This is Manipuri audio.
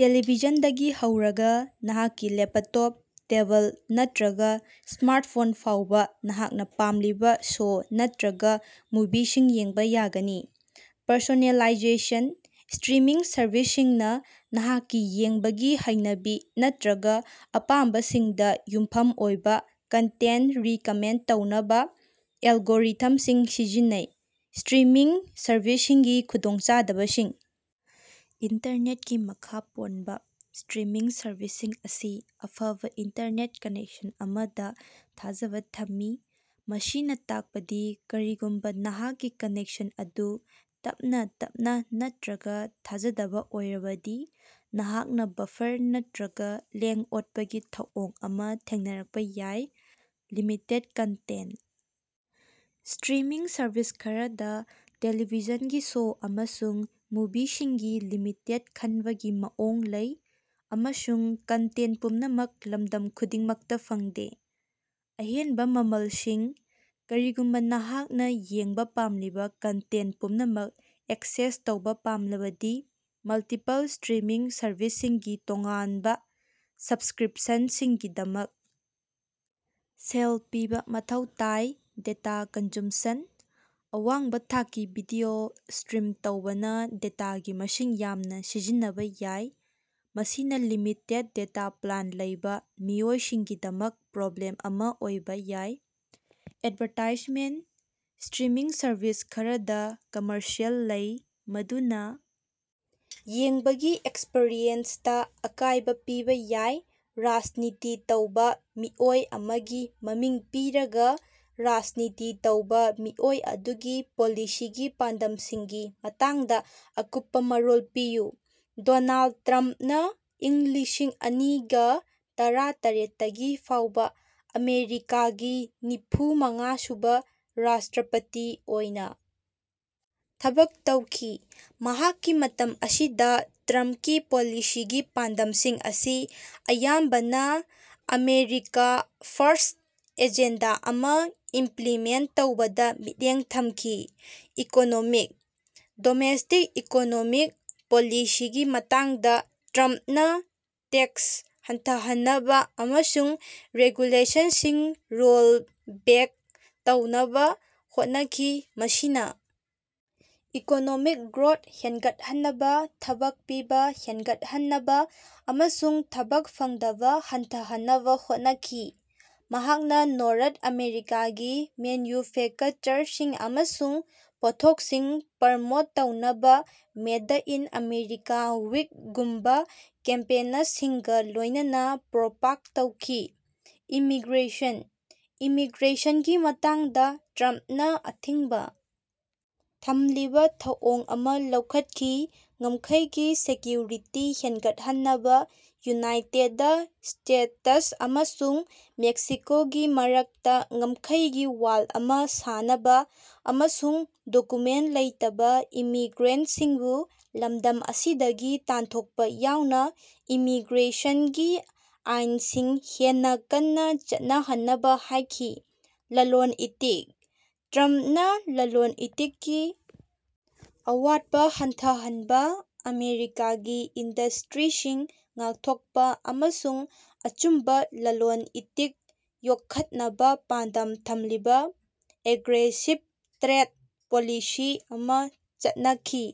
ꯇ‌ꯦꯂ‌ꯦꯚꯤꯖꯟꯗꯒꯤ ꯍꯧꯔꯒ ꯅꯍꯥꯛꯀꯤ ꯂꯦꯄꯇꯣꯞ, ꯇꯦꯕꯜ ꯅꯠꯇ꯭ꯔꯒ ꯁ꯭ꯃꯥꯔꯠꯐꯣꯟ ꯐꯥꯎꯕ ꯅꯍꯥꯛꯅ ꯄꯥꯝꯂꯤꯕ ꯁꯣ ꯅꯠꯇꯔꯒ ꯃꯨꯚꯤꯁꯤꯡ ꯌꯦꯡꯕ ꯌꯥꯒꯅꯤ꯫ ꯄꯔꯁꯣꯅꯦꯂꯥꯏꯖꯦꯁꯟ: ꯁ꯭ꯇꯔꯤꯃꯤꯡ ꯁꯔꯚꯤꯁꯁꯤꯡꯅ ꯅꯍꯥꯛꯀꯤ ꯌꯦꯡꯕꯒꯤ ꯍꯩꯅꯕꯤ ꯅꯠꯇ‌꯭ꯔꯒ ꯑꯄꯥꯝꯕꯁꯤꯡꯗ ꯌꯨꯝꯐꯝ ꯑꯣꯏꯕ ꯀꯟꯇꯦꯟ ꯔꯤꯀꯃꯦꯟ ꯇꯧꯅꯕ ꯑꯦꯜꯒꯣꯔꯤꯊꯝꯁꯤꯡ ꯁꯤꯖꯤꯟꯅꯩ꯫ ꯁ꯭ꯇꯔꯤꯃꯤꯡ ꯁꯔꯚꯤꯁꯁꯤꯡꯒꯤ ꯈꯨꯗꯣꯡꯆꯥꯗꯕꯁꯤꯡ: ꯏꯟꯇꯔꯅꯦꯠꯀꯤ ꯃꯈꯥ ꯄꯣꯟꯕ: ꯁ꯭ꯇꯔꯤꯃꯤꯡ ꯁꯔꯚꯤꯁꯁꯤꯡ ꯑꯁꯤ ꯑꯐꯕ ꯏꯟꯇꯔꯅꯦꯠ ꯀꯅꯦꯛꯁꯟ ꯑꯃꯗ ꯊꯥꯖꯕ ꯊꯝꯃꯤ, ꯃꯁꯤꯅ ꯇꯥꯛꯄꯗꯤ ꯀꯔꯤꯒꯨꯝꯕ ꯅꯍꯥꯛꯀꯤ ꯀꯅꯦꯛꯁꯟ ꯑꯗꯨ ꯇꯞꯅ ꯇꯞꯅ ꯅꯠꯇ‌꯭ꯔꯒ ꯊꯥꯖꯗꯕ ꯑꯣꯏꯔꯕꯗꯤ, ꯅꯍꯥꯛꯅ ꯕꯐꯔ ꯅꯠꯇ꯭ꯔꯒ ꯂꯦꯡ-ꯑꯣꯠꯄꯒꯤ ꯊꯧꯑꯣꯡ ꯑꯃ ꯊꯦꯡꯅꯔꯛꯄ ꯌꯥꯏ꯫ ꯂꯤꯃꯤꯇꯦꯗ ꯀꯟꯇꯦꯟ: ꯁ꯭ꯇꯔꯤꯃꯤꯡ ꯁꯔꯚꯤꯁ ꯈꯔꯗ ꯇ‌ꯦꯂ‌ꯦꯚꯤꯖꯟꯒꯤ ꯁꯣ ꯑꯃꯁꯨꯡ ꯃꯨꯚꯤꯁꯤꯡꯒꯤ ꯂꯤꯃꯤꯇꯦꯗ ꯈꯟꯕꯒꯤ ꯃꯑꯣꯡ ꯂꯩ, ꯑꯃꯁꯨꯡ ꯀꯟꯇꯦꯟ ꯄꯨꯝꯅꯃꯛ ꯂꯝꯗꯝ ꯈꯨꯗꯤꯡꯃꯛꯇ ꯐꯪꯗꯦ꯫ ꯑꯍꯦꯟꯕ ꯃꯃꯜꯁꯤꯡ: ꯀꯔꯤꯒꯨꯝꯕ ꯅꯍꯥꯛꯅ ꯌꯦꯡꯕ ꯄꯥꯝꯂꯤꯕ ꯀꯟꯇꯦꯟꯇ ꯄꯨꯝꯅꯃꯛ ꯑꯦꯛꯁꯦꯁ ꯇꯧꯕ ꯄꯥꯝꯂꯕꯗꯤ ꯃꯜꯇꯤꯄꯜ ꯁ꯭ꯇꯔꯤꯃꯤꯡ ꯁꯔꯚꯤꯁꯁꯤꯡꯒꯤ ꯇꯣꯉꯥꯟꯕ ꯁꯕꯁ꯭ꯀꯔꯤꯞꯁꯟꯁꯤꯡꯒꯤꯗꯃꯛ ꯁꯦꯜ ꯄꯤꯕ ꯃꯊꯧ ꯇꯥꯏ꯫ ꯗꯦꯇꯥ ꯀꯟꯖꯨꯝꯁꯟ: ꯑꯋꯥꯡꯕ ꯊꯥꯛꯀꯤ ꯚꯤꯗꯤꯑꯣ ꯁ꯭ꯇꯔꯤꯝ ꯇꯧꯕꯅ ꯗꯦꯇꯥꯒꯤ ꯃꯁꯤꯡ ꯌꯥꯝꯅ ꯁꯤꯖꯤꯟꯅꯕ ꯌꯥꯏ, ꯃꯁꯤꯅ ꯂꯤꯃꯤꯇꯦꯗ ꯗꯦꯇꯥ ꯄ꯭ꯂꯥꯟ ꯂꯩꯕ ꯃꯤꯑꯣꯏꯁꯤꯡꯒꯤꯗꯃꯛ ꯄ꯭ꯔꯣꯕ꯭ꯂꯦꯝ ꯑꯃ ꯑꯣꯏꯕ ꯌꯥꯏ꯫ ꯑꯦꯗꯚꯥꯔꯇꯥꯏꯖꯃꯦꯟꯠ: ꯁ꯭ꯇꯔꯤꯃꯤꯡ ꯁꯔꯚꯤꯁ ꯈꯔꯗꯥ ꯀꯝꯃꯔꯁꯤꯑꯦꯜ ꯂꯩ, ꯃꯗꯨꯅ ꯌꯦꯡꯕꯒꯤ ꯑꯦꯛꯁꯄꯔꯤꯌꯦꯟꯁꯇ ꯑꯀꯥꯏꯕ ꯄꯤꯕꯥ ꯌꯥꯏ꯫ ꯔꯥꯖꯅꯤꯇꯤ ꯇꯧꯕ ꯃꯤꯑꯣꯏ ꯑꯃꯒꯤ ꯃꯃꯤꯡ ꯄꯤꯔꯒ, ꯔꯥꯖꯅꯤꯇꯤ ꯇꯧꯕ ꯃꯤꯑꯣꯏ ꯑꯗꯨꯒꯤ ꯄꯣꯂꯤꯁꯤꯒꯤ ꯄꯥꯟꯗꯝꯁꯤꯡꯒꯤ ꯃꯇꯥꯡꯗ ꯑꯀꯨꯞꯄ ꯃꯔꯣꯜ ꯄꯤꯌꯨ꯫ ꯗꯣꯅꯥꯜꯗ ꯇ꯭ꯔꯝꯞꯅꯥ ꯏꯪ ꯂꯤꯁꯤꯡ ꯑꯅꯤꯒ ꯇꯔꯥꯇꯔ‌ꯦꯠꯇꯒꯤ ꯐꯥꯎꯕ ꯑꯃꯦꯔꯤꯀꯥꯒꯤ ꯅꯤꯐꯨꯃꯉꯥ ꯁꯨꯕ ꯔꯥꯁ꯭ꯇꯔꯄꯇꯤ ꯑꯣꯏꯅ ꯊꯕꯛ ꯇꯧꯈꯤ꯫ ꯃꯍꯥꯛꯀꯤ ꯃꯇꯝ ꯑꯁꯤꯗ ꯇ꯭ꯔꯝꯞꯀꯤ ꯄꯣꯂꯤꯁꯤꯒꯤ ꯄꯥꯟꯗꯝꯁꯤꯡ ꯑꯁꯤ ꯑꯌꯥꯝꯕꯅ ꯑꯃꯦꯔꯤꯀꯥ ꯐꯥꯔꯁ꯭ꯠ ꯑꯦꯖꯦꯟꯗꯥ ꯑꯃ ꯏꯝꯄ꯭ꯂꯤꯃꯦꯟ ꯇꯧꯕꯗ ꯃꯤꯠꯌꯦꯡ ꯊꯝꯈꯤ꯫ ꯏꯀꯣꯅꯣꯃꯤꯛ: ꯗꯣꯃꯦꯁ꯭ꯇꯤꯛ ꯏꯀꯣꯅꯣꯃꯤꯛ ꯄꯣꯂꯤꯁꯤꯒꯤ ꯃꯇꯥꯡꯗ ꯇ꯭ꯔꯝꯞꯅ ꯇꯦꯛꯁ ꯍꯟꯊꯍꯟꯅꯕ ꯑꯃꯁꯨꯡ ꯔꯦꯒꯨꯂꯦꯁꯟꯁꯤꯡ ꯔꯣꯜ ꯕꯦꯛ ꯇꯧꯅꯕ ꯍꯣꯠꯅꯈꯤ, ꯃꯁꯤꯅ ꯏꯀꯣꯅꯣꯃꯤꯛ ꯒ꯭ꯔꯣꯠ ꯍꯦꯟꯒꯠꯍꯟꯅꯕ, ꯊꯕꯛ ꯄꯤꯕ ꯍꯦꯟꯒꯠꯍꯟꯅꯕ ꯑꯃꯁꯨꯡ ꯊꯕꯛ ꯐꯪꯗꯕ ꯍꯟꯊꯍꯟꯅꯕ ꯍꯣꯠꯅꯈꯤ꯫ ꯃꯍꯥꯛꯅ ꯅꯣꯔꯠ ꯑꯃꯦꯔꯤꯀꯥꯒꯤ ꯃꯦꯟꯌꯨꯐꯦꯀꯆꯔꯁꯤꯡ ꯑꯃꯁꯨꯡ ꯄꯣꯠꯊꯣꯛꯁꯤꯡ ꯄ꯭ꯔꯃꯣꯠ ꯇꯧꯅꯕ ꯃꯦꯗ ꯏꯟ ꯑꯃꯦꯔꯤꯀꯥ ꯋꯤꯛ ꯒꯨꯝꯕ ꯀꯦꯝꯄꯦꯅꯁꯤꯡꯒ ꯂꯣꯏꯅꯅ ꯄ꯭ꯔꯣꯄꯥꯛ ꯇꯧꯈꯤ꯫ ꯏꯃꯤꯒ꯭ꯔꯦꯁꯟ: ꯏꯃꯤꯒ꯭ꯔꯦꯁꯟꯒꯤ ꯃꯇꯥꯡꯗ ꯇ꯭ꯔꯝꯞꯅ ꯑꯊꯤꯡꯕ ꯊꯝꯂꯤꯕ ꯊꯧꯑꯣꯡ ꯑꯃ ꯂꯧꯈꯠꯈꯤ, ꯉꯝꯈꯩꯒꯤ ꯁꯦꯀ꯭ꯌꯨꯔꯤꯇꯤ ꯍꯦꯟꯒꯠꯍꯟꯅꯕ, ꯌꯨꯅꯥꯏꯇꯦꯗ ꯁ꯭ꯇꯦꯇꯁ ꯑꯃꯁꯨꯡ ꯃꯦꯛꯁꯤꯀꯣꯒꯤ ꯃꯔꯛꯇ ꯉꯝꯈꯩꯒꯤ ꯋꯥꯜ ꯑꯃ ꯁꯥꯅꯕ, ꯑꯃꯁꯨꯡ ꯗꯣꯀꯨꯃꯦꯟ ꯂꯩꯇꯕ ꯏꯃꯤꯒ꯭ꯔꯦꯟꯠꯁꯤꯡꯕꯨ ꯂꯝꯗꯝ ꯑꯁꯤꯗꯒꯤ ꯇꯥꯟꯊꯣꯛꯄ ꯌꯥꯎꯅ ꯏꯃꯤꯒ꯭ꯔꯦꯁꯟꯒꯤ ꯑꯥꯏꯟꯁꯤꯡ ꯍꯦꯟꯅ ꯀꯟꯅ ꯆꯠꯅꯍꯟꯅꯕ ꯍꯥꯏꯈꯤ꯫ ꯂꯂꯣꯟ-ꯏꯇꯤꯛ: ꯇ꯭ꯔꯝꯞꯅ ꯂꯂꯣꯟ-ꯏꯇꯤꯛꯀꯤ ꯑꯋꯥꯠꯄꯥ ꯍꯟꯊꯍꯟꯕ, ꯑꯃꯦꯔꯤꯀꯥꯒꯤ ꯏꯟꯗꯁ꯭ꯇꯔꯤꯁꯤꯡ ꯉꯥꯛꯊꯣꯛꯄ ꯑꯃꯁꯨꯡ ꯑꯆꯨꯝꯕ ꯂꯂꯣꯟ-ꯏꯇꯤꯛ ꯌꯣꯛꯈꯠꯅꯕ ꯄꯥꯟꯗꯝ ꯊꯝꯂꯤꯕ ꯑꯦꯒ꯭ꯔꯦꯁꯤꯕ ꯇ꯭ꯔꯦꯗ ꯄꯣꯂꯤꯁꯤ ꯑꯃꯥ ꯆꯠꯅꯈꯤ꯫